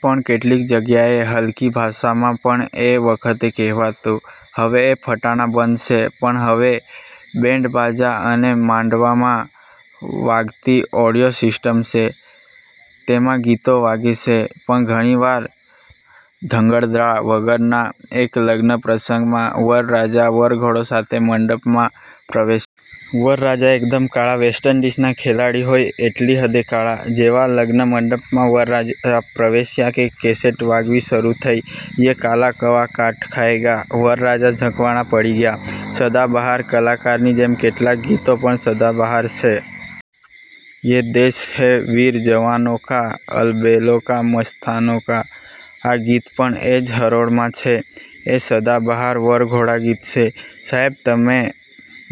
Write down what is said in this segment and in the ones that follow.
પણ કેટલીક જગ્યાએ હલકી ભાષામાં પણ એ વખતે કહેવાતું. હવે એ ફટાણાં બંધ સે. પણ હવે બૅન્ડબાજા અને માંડવામાં વાગતી 'ઑડિયો સિસ્ટમ' સે. તેમાં ગીતો વાગે સે, પણ ઘણી વાર ઢંગધડા વગરનાં. એક લગ્ન પ્રસંગમાં વરરાજા વરઘોડા સાથે મંડપમાં પ્રવેશ્. વરરાજા એકદમ કાળા… વેસ્ટ ઈન્ડિઝના ખેલાડી હોય એટલી હદે કાળા. જેવા લગ્ન મંડપમાં વરરાજા પ્રવેશ્યા કે કેસેટ વાગવી શરૂ થઈ 'યે કાલા કૌવા કાટ ખાયેંગા… ' વરરાજા ઝંખવાણા પડી ગયા. સદાબહાર કલાકારની જેમ કેટલાંક ગીતો પણ સદાબહાર છે. 'યે દેશ હૈ વીર જવાનો કા, અલબેલો કા મસ્તાનો કા… ' આ ગીત પણ એ જ હરોળમાં છે એ સદાબહાર વરઘોડા ગીત છે. સાહેબ… તમે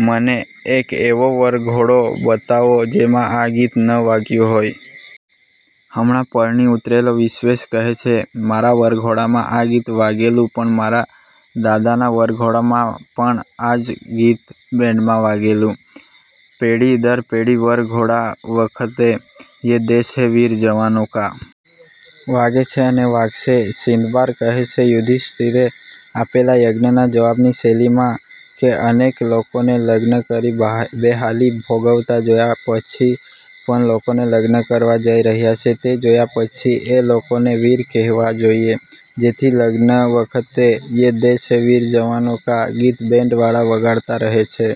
મને એક એવો વરઘોડો બતાવો જેમાં આ ગીત ન વાગ્યું હોય. હમણાં પરણી ઊતરેલો વિશ્વેશ કહે છે, "મારા વરઘોડામાં આ ગીત વાગેલું પણ મારા દાદાના વરઘોડામાં પણ આ જ ગીત બેન્ડમાં વાગેલું. " પેઢી દર પેઢી વરઘોડા વખતે 'યે દેશ હૈ વીર જવાનો કા' વાગે છે અને વાગશે, સિંદબાર કહે છે, યુધિષ્ઠિરે આપેલા યજ્ઞના જવાબની શૈલીમાં કે અનેક લોકોને લગ્ન કરી બહા, બેહાલી ભોગવતા જોયા પછી પણ લોકોને લગ્ન કરવા જઈ રહ્યા છે, તે જોયા પછી એ લોકોને 'વીર' કહેવા જોઈએ, જેથી લગ્ન વખતે 'યે દેશ હૈ વીર જવાનો કા' ગીત બેન્ડવાળા વગાડતા રહે છે.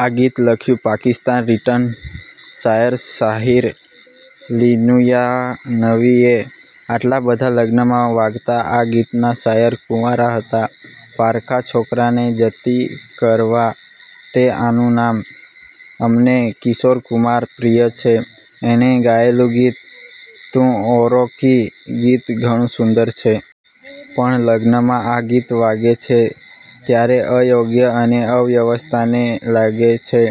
આ ગીત લખ્યું પાકિસ્તાન રિટર્ન સાયર સાહિર લુનિયાનવીએ, આટલાં બધાં લગ્નમાં વાગતા આ ગીતના શાયર કુંવારા હતા. પારકા છોકરાને જતિ કરવા તે આનું નામ. અમને કિશોરકુમાર પ્રિય છે. એણે ગાયેલું ગીત 'તૂં ઔરો કી' ગીત ઘણું સુંદર છે. પણ લગ્નમાં આ ગીત વાગે છે ત્યારે અયોગ્ય અને અવ્યવસ્થાને લાગે છે.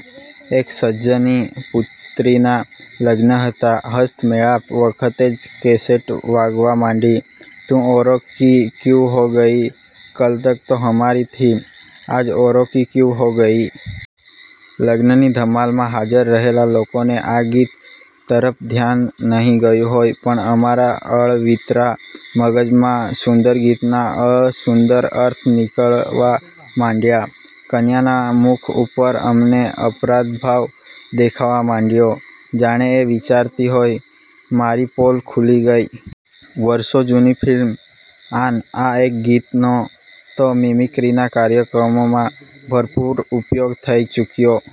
એક સજ્જની પુત્રીનાં લગ્ન હતાં. હસ્તમેળાપ વખતે જ કેસેટ વાગવા માંડી, 'તૂં ઔરો કી ક્યું હો ગઈ! કલ તક તો હમારી થી આજ ઔરો કી ક્યું હો ગઈ? ' લગ્નની ધમાલમાં હાજર રહેલા લોકોને આ ગીત તરફ ધ્યાન નહીં ગયું હોય, પણ અમારા અળવીતરા મગજમાં સુંદર ગીતના અસુંદર અર્થ નીકળવા માંડ્યા. કન્યાના મુખ ઉપર અમને અપરાધભાવ દેખાવા માંડયો. જાણે એ વિચારતી હોય 'મારી પોલ ખૂલી ગઈ. ' વરસો જૂની ફિલ્મ 'આન' આ એક ગીતનો તો મિમિક્રીના કાર્યક્રમોમાં ભરપૂર ઉપયોગ થઈ ચૂક્યો